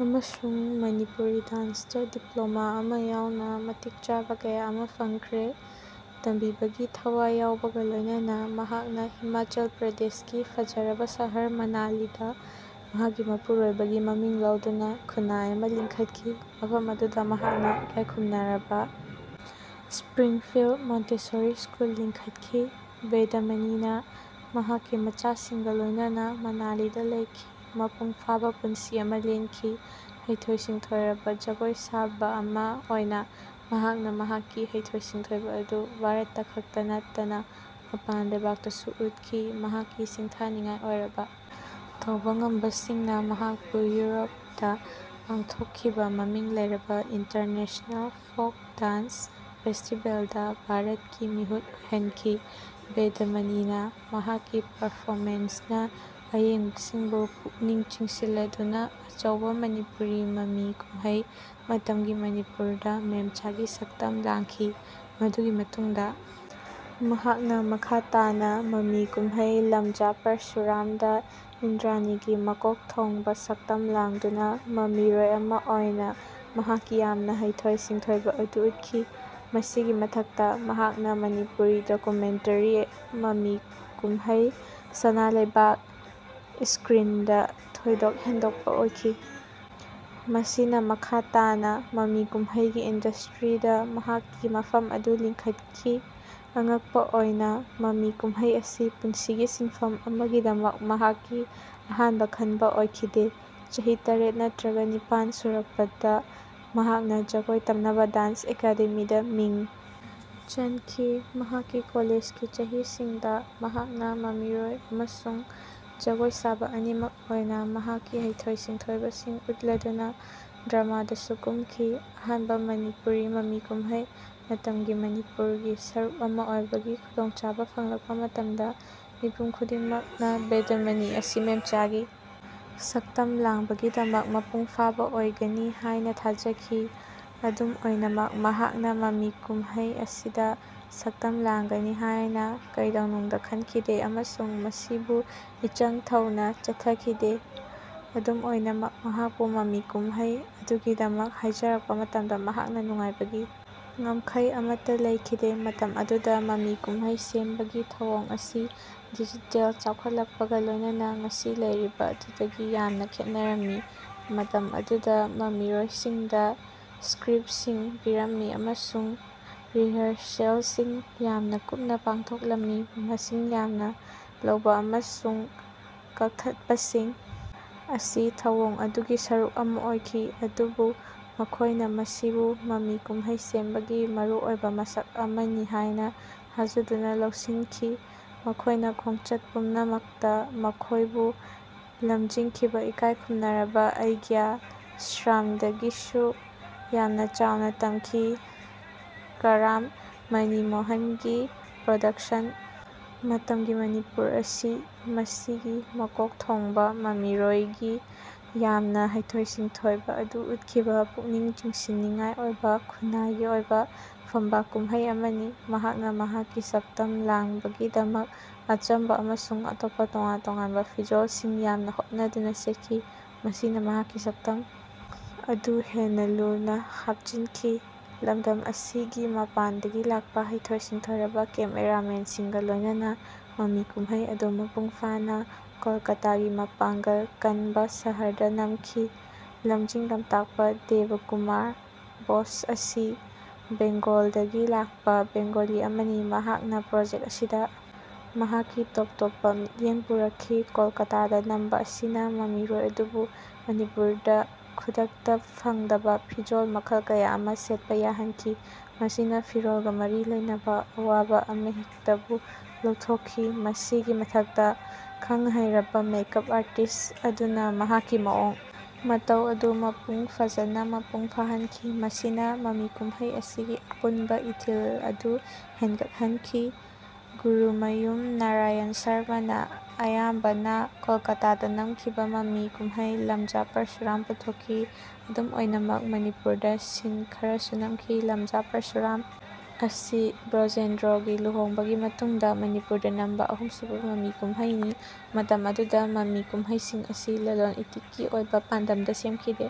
ꯑꯃꯁꯨꯡ ꯃꯅꯤꯄꯨꯔꯤ ꯗꯥꯟ꯭ꯁꯇ ꯗꯤꯄ꯭ꯂꯣꯃꯥ ꯑꯃꯥ ꯌꯥꯎꯅ ꯃꯇꯤꯛ ꯆꯥꯕ ꯀꯌꯥ ꯑꯃ ꯐꯪꯈ꯭ꯔꯦ꯫ ꯇꯝꯕꯤꯕꯒꯤ ꯊꯋꯥꯏ ꯌꯥꯎꯕꯒ ꯂꯣꯏꯅꯅ, ꯃꯍꯥꯛꯅ ꯍꯤꯃꯥꯆꯜ ꯄ꯭ꯔꯗꯦꯁꯀꯤ ꯐꯖꯔꯕ ꯁꯍꯔ ꯃꯅꯥꯂꯤꯗ ꯃꯍꯥꯛꯀꯤ ꯃꯄꯨꯔꯣꯏꯕꯒꯤ ꯃꯃꯤꯡ ꯂꯧꯗꯨꯅ ꯈꯨꯟꯅꯥꯏ ꯑꯃ ꯂꯤꯡꯈꯠꯈꯤ꯫ ꯃꯐꯝ ꯑꯗꯨꯗ ꯃꯍꯥꯛꯅ ꯏꯀꯥꯏ ꯈꯨꯝꯅꯔꯕ ꯢꯁꯄ꯭ꯔꯤꯡꯐꯤꯜꯗ ꯃꯣꯟꯇꯦꯁꯣꯔꯤ ꯁ꯭ꯀꯨꯜ ꯂꯤꯡꯈꯠꯈꯤ꯫ ꯕꯦꯗꯃꯅꯤꯅ ꯃꯍꯥꯛꯀꯤ ꯃꯆꯥꯁꯤꯡꯒ ꯂꯣꯏꯅꯅ ꯃꯅꯥꯂꯤꯗ ꯂꯩꯈꯤ, ꯃꯄꯨꯡ ꯐꯥꯕ ꯄꯨꯟꯁꯤ ꯑꯃ ꯂꯦꯟꯈꯤ꯫ ꯍꯩꯊꯣꯏ-ꯁꯤꯡꯊꯣꯏꯔꯕ ꯖꯒꯣꯏ ꯁꯥꯕ ꯑꯃ ꯑꯣꯏꯅ ꯃꯍꯥꯛꯅ ꯃꯍꯥꯛꯀꯤ ꯍꯩꯊꯣꯏ-ꯁꯤꯡꯊꯣꯏꯕ ꯑꯗꯨ ꯚꯥꯔꯠꯇ ꯈꯛꯇ ꯅꯠꯇꯅ ꯃꯄꯥꯟ ꯂꯩꯕꯥꯛꯇꯁꯨ ꯎꯠꯈꯤ꯫ ꯃꯍꯥꯛꯀꯤ ꯁꯤꯡꯊꯥꯅꯤꯡꯉꯥꯏ ꯑꯣꯏꯔꯕ ꯇꯧꯕ ꯉꯝꯕꯁꯤꯡꯅ ꯃꯍꯥꯛꯄꯨ ꯌꯨꯔꯣꯞꯇ ꯄꯥꯡꯊꯣꯛꯈꯤꯕ ꯃꯃꯤꯡ ꯂꯩꯔꯕ ꯏꯟꯇꯔꯅꯦꯁꯅꯦꯜ ꯐꯣꯛ ꯗꯥꯟ꯭ꯁ ꯐꯦꯁꯇꯤꯕꯦꯜꯗ ꯚꯥꯔꯠꯀꯤ ꯃꯤꯍꯨꯠ ꯑꯣꯏꯍꯟꯈꯤ꯫ ꯕꯦꯗꯃꯅꯤꯅ ꯃꯍꯥꯛꯀꯤ ꯄꯔꯐꯣꯃꯦꯟꯁ ꯅ ꯑꯌꯦꯡꯕꯁꯤꯡꯕꯨ ꯄꯨꯛꯅꯤꯡ ꯆꯤꯡꯁꯤꯜꯂꯗꯨꯅ ꯑꯆꯧꯕ ꯃꯅꯤꯄꯨꯔꯤ ꯃꯃꯤ ꯀꯨꯝꯍꯩ ꯃꯇꯝꯒꯤ ꯃꯅꯤꯄꯨꯔ ꯗ ꯃꯦꯝꯆꯥꯒꯤ ꯁꯛꯇꯝ ꯂꯥꯡꯈꯤ꯫ ꯃꯗꯨꯒꯤ ꯃꯇꯨꯡꯗ ꯃꯍꯥꯛꯅ ꯃꯈꯥ ꯇꯥꯅ ꯃꯃꯤ ꯀꯨꯝꯍꯩ ꯂꯝꯖꯥ ꯄꯔꯁꯨꯔꯥꯝ ꯗ ꯏꯟꯗ꯭ꯔꯥꯅꯤꯒꯤ ꯃꯀꯣꯛ ꯊꯣꯡꯕ ꯁꯛꯇꯝ ꯂꯥꯡꯗꯨꯅ ꯃꯃꯤꯔꯣꯏ ꯑꯃ ꯑꯣꯏꯅ ꯃꯍꯥꯛꯀꯤ ꯌꯥꯝꯅ ꯍꯩꯊꯣꯏ-ꯁꯤꯡꯊꯣꯏꯕ ꯑꯗꯨ ꯎꯠꯈꯤ꯫ ꯃꯁꯤꯒꯤ ꯃꯊꯛꯇ, ꯃꯍꯥꯛꯅ ꯃꯅꯤꯄꯨꯔꯤ ꯗꯣꯀꯨꯃꯦꯟꯇꯔꯤ ꯃꯃꯤ ꯀꯨꯝꯍꯩ ꯁꯅꯥꯂꯩꯕꯛ ꯢꯁꯀ꯭ꯔꯤꯟꯗ ꯊꯣꯏꯗꯣꯛ ꯍꯦꯟꯗꯣꯛꯄ ꯑꯣꯏꯈꯤ, ꯃꯁꯤꯅ ꯃꯈꯥ ꯇꯥꯅ ꯃꯃꯤ ꯀꯨꯝꯍꯩꯒꯤ ꯏꯟꯗꯁꯇ꯭ꯔꯤꯗ ꯃꯍꯥꯛꯀꯤ ꯃꯐꯝ ꯑꯗꯨ ꯂꯤꯡꯈꯠꯈꯤ꯫ ꯑꯉꯛꯄ ꯑꯣꯏꯅ, ꯃꯃꯤ ꯀꯨꯝꯍꯩ ꯑꯁꯤ ꯄꯨꯟꯁꯤꯒꯤ ꯁꯤꯟꯐꯝ ꯑꯃꯒꯤꯗꯃꯛ ꯃꯍꯥꯛꯀꯤ ꯑꯍꯥꯟꯕ ꯈꯟꯕ ꯑꯣꯏꯈꯤꯗꯦ꯫ ꯆꯍꯤ ꯇꯔꯦꯠ ꯅꯠꯇ꯭ꯔꯒ ꯅꯤꯄꯥꯟ ꯁꯨꯔꯛꯄꯗ ꯃꯍꯥꯛꯅ ꯖꯒꯣꯏ ꯇꯝꯅꯕ ꯗꯥꯟ꯭ꯁ ꯑꯦꯀꯥꯗꯦꯃꯤꯗ ꯃꯤꯡ ꯆꯟꯈꯤ꯫ ꯃꯍꯥꯛꯀꯤ ꯀꯣꯂꯦꯖꯒꯤ ꯆꯍꯤꯁꯤꯡꯗ ꯃꯍꯥꯛꯅ ꯃꯃꯤꯔꯣꯏ ꯑꯃꯁꯨꯡ ꯖꯒꯣꯏ ꯁꯥꯕ ꯑꯅꯤꯃꯛ ꯑꯣꯏꯅ ꯃꯍꯥꯛꯀꯤ ꯍꯩꯊꯣꯏ-ꯁꯤꯡꯊꯣꯏꯕꯁꯤꯡ ꯎꯠꯂꯗꯨꯅ ꯗ꯭ꯔꯃꯥꯗꯁꯨ ꯀꯨꯝꯈꯤ꯫ ꯑꯍꯥꯟꯕ ꯃꯅꯤꯄꯨꯔꯤ ꯃꯃꯤ ꯀꯨꯝꯍꯩ, "ꯃꯇꯝꯒꯤ ꯃꯅꯤꯄꯨꯔ"ꯒꯤ ꯁꯔꯨꯛ ꯑꯃ ꯑꯣꯏꯕꯒꯤ ꯈꯨꯗꯣꯡꯆꯥꯕ ꯐꯪꯂꯛꯄ ꯃꯇꯝꯗ, ꯃꯤꯄꯨꯝ ꯈꯨꯗꯤꯡꯃꯛꯅ ꯕꯦꯗꯃꯅꯤ ꯑꯁꯤ ꯃꯦꯝꯆꯥꯒꯤ ꯁꯛꯇꯝ ꯂꯥꯡꯕꯒꯤꯗꯃꯛ ꯃꯄꯨꯡ ꯐꯥꯕ ꯑꯣꯏꯒꯅꯤ ꯍꯥꯏꯅ ꯊꯥꯖꯈꯤ꯫ ꯑꯗꯨꯝ ꯑꯣꯏꯅꯃꯛ, ꯃꯍꯥꯛꯅ ꯃꯃꯤ ꯀꯨꯝꯍꯩ ꯑꯁꯤꯗ ꯁꯛꯇꯝ ꯂꯥꯡꯒꯅꯤ ꯍꯥꯏꯅ ꯀꯩꯗꯧꯅꯨꯡꯗ ꯈꯟꯈꯤꯗꯦ ꯑꯃꯁꯨꯡ ꯃꯁꯤꯕꯨ ꯏꯆꯪ ꯊꯧꯅ ꯆꯠꯊꯈꯤꯗꯦ꯫ ꯑꯗꯨꯝ ꯑꯣꯏꯅꯃꯛ, ꯃꯍꯥꯛꯄꯨ ꯃꯃꯤ ꯀꯨꯝꯍꯩ ꯑꯗꯨꯒꯤꯗꯃꯛ ꯍꯥꯏꯖꯔꯛꯄ ꯃꯇꯝꯗ ꯃꯍꯥꯛꯅ ꯅꯨꯡꯉꯥꯏꯕꯒꯤ ꯉꯝꯈꯩ ꯑꯃꯠꯇ ꯂꯩꯈꯤꯗꯦ꯫ ꯃꯇꯝ ꯑꯗꯨꯗ ꯃꯃꯤ ꯀꯨꯝꯍꯩ ꯁꯦꯝꯕꯒꯤ ꯊꯧꯑꯣꯡ ꯑꯁꯤ ꯗꯤꯖꯤꯇꯦꯜ ꯆꯥꯎꯈꯠꯂꯛꯄꯒ ꯂꯣꯏꯅꯅ ꯉꯁꯤ ꯂꯩꯔꯤꯕ ꯑꯗꯨꯗꯒꯤ ꯌꯥꯝꯅ ꯈꯦꯠꯅꯔꯝꯃꯤ꯫ ꯃꯇꯝ ꯑꯗꯨꯗ ꯃꯃꯤꯔꯣꯏꯁꯤꯡꯗ ꯏꯁꯀ꯭ꯔꯤꯞꯁꯤꯡ ꯄꯤꯔꯝꯃꯤ ꯑꯃꯁꯨꯡ ꯔꯤꯍꯔꯁꯦꯜꯁꯤꯡ ꯌꯥꯝꯅ ꯀꯨꯞꯅ ꯄꯥꯡꯊꯣꯛꯂꯝꯃꯤ꯫ ꯃꯁꯤꯡ ꯌꯥꯝꯅ ꯂꯧꯕ ꯑꯃꯁꯨꯡ ꯀꯛꯊꯠꯄꯁꯤꯡ ꯑꯁꯤ ꯊꯧꯑꯣꯡ ꯑꯗꯨꯒꯤ ꯁꯔꯨꯛ ꯑꯃ ꯑꯣꯏꯈꯤ, ꯑꯗꯨꯕꯨ ꯃꯈꯣꯏꯅ ꯃꯁꯤꯕꯨ ꯃꯃꯤ ꯀꯨꯝꯍꯩ ꯁꯦꯝꯕꯒꯤ ꯃꯔꯨꯑꯣꯏꯕ ꯃꯁꯛ ꯑꯃꯅꯤ ꯍꯥꯏꯅ ꯊꯥꯖꯗꯨꯅ ꯂꯧꯁꯤꯟꯈꯤ꯫ ꯃꯈꯣꯏꯅ ꯈꯣꯡꯆꯠ ꯄꯨꯝꯅꯃꯛꯇ ꯃꯈꯣꯏꯕꯨ ꯂꯝꯖꯤꯡꯈꯤꯕ ꯏꯀꯥꯏ ꯈꯨꯝꯅꯔꯕ ꯑꯩꯒ꯭ꯌꯥ ꯁ꯭ꯌꯥꯝꯗꯒꯤꯁꯨ ꯌꯥꯝꯅ ꯆꯥꯎꯅ ꯇꯝꯈꯤ꯫ ꯀꯔꯥꯝ ꯃꯅꯤꯃꯣꯍꯟꯒꯤ ꯄ꯭ꯔꯣꯗꯛꯁꯟ, "ꯃꯇꯝꯒꯤ ꯃꯅꯤꯄꯨꯔ"ꯑꯁꯤ ꯃꯁꯤꯒꯤ ꯃꯀꯣꯛ ꯊꯣꯡꯕ ꯃꯃꯤꯔꯣꯏꯒꯤ ꯌꯥꯝꯅ ꯍꯩꯊꯣꯏ-ꯁꯤꯡꯊꯣꯏꯕ ꯑꯗꯨ ꯎꯠꯈꯤꯕ ꯄꯨꯛꯅꯤꯡ ꯆꯤꯡꯁꯤꯟꯅꯤꯡꯉꯥꯏ ꯑꯣꯏꯕ ꯈꯨꯟꯅꯥꯏꯒꯤ ꯑꯣꯏꯕ ꯐꯝꯕꯥꯛ ꯀꯨꯝꯍꯩ ꯑꯃꯅꯤ꯫ ꯃꯍꯥꯛꯅ ꯃꯍꯥꯛꯀꯤ ꯁꯛꯇꯝ ꯂꯥꯡꯕꯒꯤꯗꯃꯛ ꯑꯆꯝꯕ ꯑꯃꯁꯨꯡ ꯑꯇꯣꯞꯄ ꯇꯣꯉꯥꯟ-ꯇꯣꯉꯥꯟꯕ ꯐꯤꯖꯣꯜꯁꯤꯡ ꯌꯥꯝꯅ ꯍꯣꯠꯅꯗꯨꯅ ꯁꯦꯠꯈꯤ, ꯃꯁꯤꯅ ꯃꯍꯥꯛꯀꯤ ꯁꯛꯇꯝ ꯑꯗꯨ ꯍꯦꯟꯅ ꯂꯨꯅ ꯍꯥꯞꯆꯤꯟꯈꯤ꯫ ꯂꯝꯗꯝ ꯑꯁꯤꯒꯤ ꯃꯄꯥꯟꯗꯒꯤ ꯂꯥꯛꯄ ꯍꯩꯊꯣꯏ-ꯁꯤꯡꯊꯣꯏꯔꯕ ꯀꯦꯃꯦꯔꯥꯃꯦꯟꯁꯤꯡꯒ ꯂꯣꯏꯅꯅ, ꯃꯃꯤ ꯀꯨꯝꯍꯩ ꯑꯗꯨ ꯃꯄꯨꯡ ꯐꯥꯅ ꯀꯣꯜꯀꯥꯇꯥꯒꯤ ꯃꯄꯥꯡꯒꯜ ꯀꯟꯕ ꯁꯍꯔꯗ ꯅꯝꯈꯤ꯫ ꯂꯝꯖꯤꯡ ꯂꯝꯇꯥꯛꯄ ꯗꯦꯕꯀꯨꯃꯥꯔ ꯕꯣꯁ ꯑꯁꯤ ꯕꯦꯡꯒꯣꯜꯗꯒꯤ ꯂꯥꯛꯄ ꯕꯦꯡꯒꯣꯂꯤ ꯑꯃꯅꯤ, ꯃꯍꯥꯛꯅ ꯄ꯭ꯔꯣꯖꯦꯛ ꯑꯁꯤꯗ ꯃꯍꯥꯛꯀꯤ ꯇꯣꯞ-ꯇꯣꯞꯄ ꯃꯤꯠꯌꯦꯡ ꯄꯨꯔꯛꯈꯤ꯫ ꯀꯣꯜꯀꯥꯇꯥꯗ ꯅꯝꯕ ꯑꯁꯤꯅ ꯃꯃꯤꯔꯣꯏ ꯑꯗꯨꯕꯨ ꯃꯅꯤꯄꯨꯔꯗ ꯈꯨꯗꯛꯇ ꯐꯪꯗꯕ ꯐꯤꯖꯣꯜ ꯃꯈꯜ ꯀꯌꯥ ꯑꯃ ꯁꯦꯠꯄ ꯌꯥꯍꯟꯈꯤ, ꯃꯁꯤꯅ ꯐꯤꯔꯣꯜꯒ ꯃꯔꯤ ꯂꯩꯅꯕ ꯑꯋꯥꯕ ꯑꯃꯍꯦꯛꯇꯕꯨ ꯂꯧꯊꯣꯛꯈꯤ꯫ ꯃꯁꯤꯒꯤ ꯃꯊꯛꯇ, ꯈꯪꯍꯩꯔꯕ ꯃꯦꯀꯞ ꯑꯥꯔꯇꯤꯁ ꯑꯗꯨꯅ ꯃꯍꯥꯛꯀꯤ ꯃꯑꯣꯡ ꯃꯇꯧ ꯑꯗꯨ ꯃꯄꯨꯡ ꯐꯥꯖꯅ ꯃꯄꯨꯡ ꯐꯥꯍꯟꯈꯤ, ꯃꯁꯤꯅ ꯃꯃꯤ ꯀꯨꯝꯍꯩ ꯑꯁꯤꯒꯤ ꯑꯄꯨꯟꯕ ꯏꯊꯤꯜ ꯑꯗꯨ ꯍꯦꯟꯒꯠꯍꯟꯈꯤ꯫ ꯒꯨꯔꯨꯃꯌꯨꯝ ꯅꯥꯔꯥꯌꯟ ꯁꯔꯃꯅ ꯑꯌꯥꯝꯕꯅ ꯀꯣꯜꯀꯥꯇꯥꯗ ꯅꯝꯈꯤꯕ ꯃꯃꯤ ꯀꯨꯝꯍꯩ ꯂꯝꯖꯥ ꯄꯔꯁꯨꯔꯥꯝ ꯄꯨꯊꯣꯛꯈꯤ꯫ ꯑꯗꯨꯝ ꯑꯣꯏꯅꯃꯛ, ꯃꯅꯤꯄꯨꯔꯗ ꯁꯤꯟ ꯈꯔꯁꯨ ꯅꯝꯈꯤ꯫ ꯂꯝꯖꯥ ꯄꯔꯁꯨꯔꯥꯝ ꯑꯁꯤ ꯕ꯭ꯔꯣꯖꯦꯟꯗ꯭ꯔꯣꯒꯤ ꯂꯨꯍꯣꯡꯕꯥꯒꯤ ꯃꯇꯨꯡꯗ ꯃꯅꯤꯄꯨꯔꯗ ꯅꯝꯕ ꯑꯍꯨꯝꯁꯨꯕ ꯃꯃꯤ ꯀꯨꯝꯍꯩꯅꯤ꯫ ꯃꯇꯝ ꯑꯗꯨꯗ ꯃꯃꯤ ꯀꯨꯝꯍꯩꯁꯤꯡ ꯑꯁꯤ ꯂꯂꯣꯟ-ꯏꯇꯤꯛꯀꯤ ꯑꯣꯏꯕ ꯄꯥꯟꯗꯝꯗ ꯁꯦꯝꯈꯤꯗꯦ꯫